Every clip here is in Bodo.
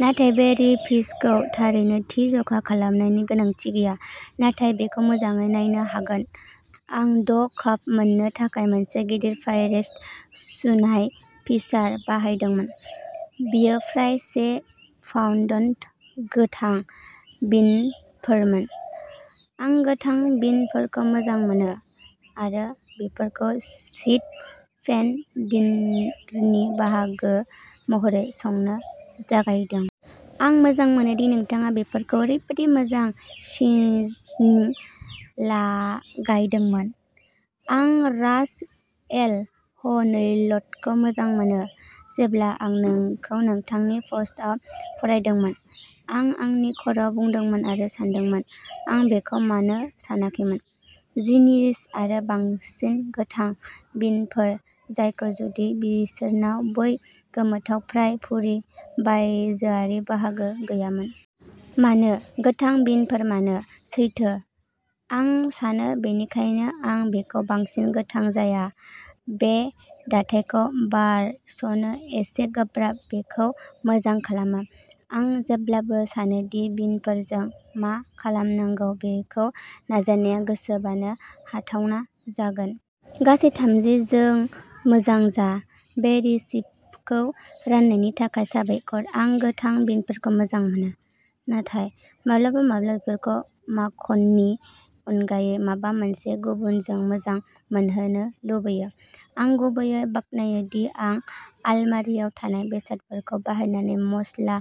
नाथाय बे रेपिखौ थारैनो थि जखा खालामनायनि गोनांथि गैया नोंथाङा बेखौ मोजाङै नायनो हागोन। आं द' काप मोननो थाखाय मोनसे गिदिर पाइरेक्स सुनाय पिचार बाहायदोंमोन, बेयो फ्राय से पाउन्द गोथां बिनफोरमोन। आं गोथां बिनफोरखौ मोजां मोनो आरो बेफोरखौ शीट पेन डिनरनि बाहागो महरै संनो जागायदों। आं मोजां मोनो दि नोंथाङा बेफोरखौ ओरैबायदि मोजां सिजनिं लागायदोंमोन। आं रास एल हानौतखौ मोजां मोनो। जेब्ला आं बेखौ नोंथांनि पस्टआव फरायदोंमोन, आं आंनि खर'आव बुदोंमोन आरो सानदोंमोन, आं बेखौ मानो सानाखैमोन? जिनियास आं बांसिन गोथां बिनफोर जायोमोन जुदि बिसोरनाव बै गोमोथाव, फ्राय फुर्रि बायजोआरि बाहागो गैयामोन। मानो, गोथां बिनफोर, मानो? सैथो। आं सानो बेनिखायनो आं बेफोरखौ बांसिन गोथां जाया बे दाथायखौ बारस'नो एसे गोब्राब बेखौ मोजां खालाम, आं जेब्लाबो सानो दि बिनफोरजों मा खालामनांगौ, बेखौ नाजानाया गोसो बोनो हाथावना जागोन। गासै थामजि जों मोजां जा। बे रेसिपिखौ राननायनि थाखाय साबायखर। आं गोथां बिनफोरखौ मोजां मोनो, नाथाय माब्लाबा-माब्लाबा बेफोरखौ माखननि अनगायै माबा मोनसे गुबुनजों मोजां मोनहोनो लुबैयो। आं गुबैयै बाख्नायो दि आं आलमारिआव थानाय बेसादफोरखौ बाहायनानै मस्ला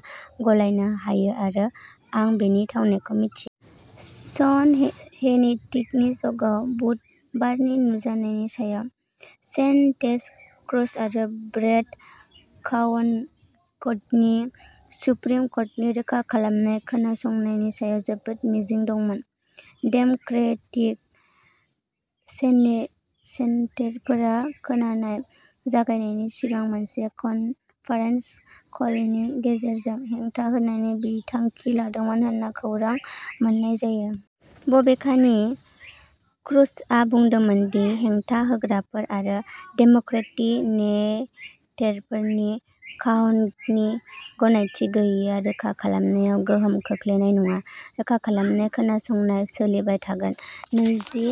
गलायनो हायो आरो आं बेनि थावनायखौ मिथियो। शन हेनिटिनि श'आव बुधबारनि नुजानायनि समाव, सेन टेड क्रुज आ ब्रेट कावान'गनि सुप्रिम कर्टनि रोखा खालामनाय खोनासंनायनि सायाव जोबोद मिजिं दंमोन। डेम'क्रेटिक सेनि सेनेटरफोरा खोनानाय जागायनायनि सिगां मोनसे कनफारेन्स कलनि गेजेरजों हेंथा होनायनि बिथांखि लादोंमोन होन्ना खौरां मोन्नाय जायो। बबेखानि, क्रुजआ बुंदोंमोन दि हेंथा होग्राफोर आरो डेम'क्रेटिक सेनेटरफोरनि कावान'गनि गनायथि गैयैआ रोखा खालामनायाव गोहोम खोख्लैनाय नङा। रोखा खालामनाय खोनासंनाया सोलिबाय थागोन, नैजि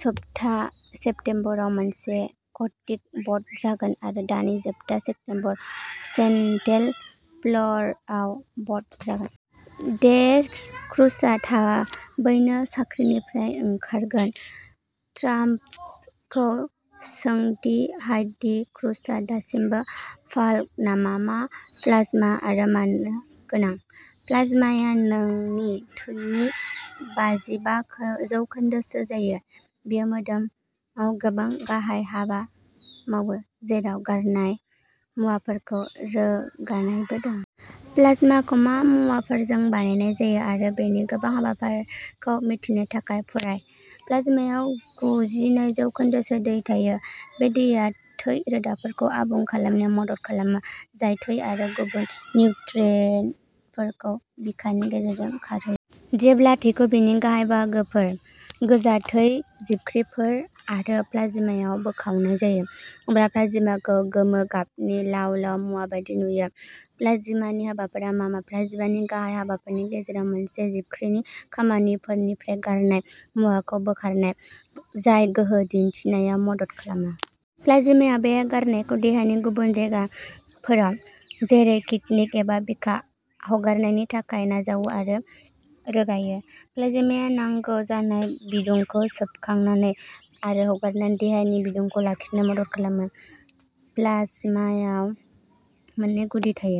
सप्ता सेप्तेम्बराव मोनसे कमिटि भ'ट जागोन आरो दाननि जोबथा सेप्तम्बराव सेनेट फ्ल'रआव भ'ट जागोन। टेड क्रुजआ थाबैनो साख्रिनिफ्राय ओंखारगोन। ट्राम्पखौ सों दि हाइडी क्रुजआ दासिमबो पागल नामा, मा प्लाज्मा आरो मानो गोनां? प्लाज्माया नोंनि थैनि बाजिबा जौखोन्दोसो जायो। बेयो मोदोमाव गोबां गाहाय हाबा मावो, जेराव गारनाय मुवाफोरखौ रोगानायबो दं। प्लाज्माखौ मा मुवाफोरजों बानायनाय जायो आरो बेनि गोबां हाबाफोरखौ मिथिनो थाखाय फराय। प्लाज्मायाव गुजिनै जौखोन्दोसो दै थायो। बे दैया थै रोदाफोरखौ आबुं खालामनायाव मदद खालामो, जाय थै आरो गुबुन निउट्रियेन्टफोरखौ बिखानि गेजेरजों खारहोयो। जेब्ला थैखौ बेनि गाहाय बाहागोफोर, गोजा थै जिबख्रिफोर आरो प्लाज्मायाव बोखावनाय जायो, अब्ला प्लाज्माखौ गोमो गाबनि लाव-लाव मुवा बायदि नुयो। प्लाजमानि हाबाफोरा मा मा? प्लाजमानि गाहाय हाबाफोरनि गेजेराव मोनसेआ जिबख्रिनि खामानिफोरनिफ्राय गारनाय मुवाफोरखौ बोखारनाय, जाय गोहो दिनथियाव मदद खालामो। प्लाज्माया बे गारनायखौ देहानि गुबुन जायगाफोराव, जेरै किडनि एबा बिखा, हगारनायनि थाखाय नाजावो आरो रोगायो। प्लाज्माया नांगौ जानाय बिदुंखौ सोबखांनानै आरो हगारनानै देहानि बिदुंखौ लाखिनोबो मदद खालामो। प्लाज्मायाव मोननै गुदि थायो।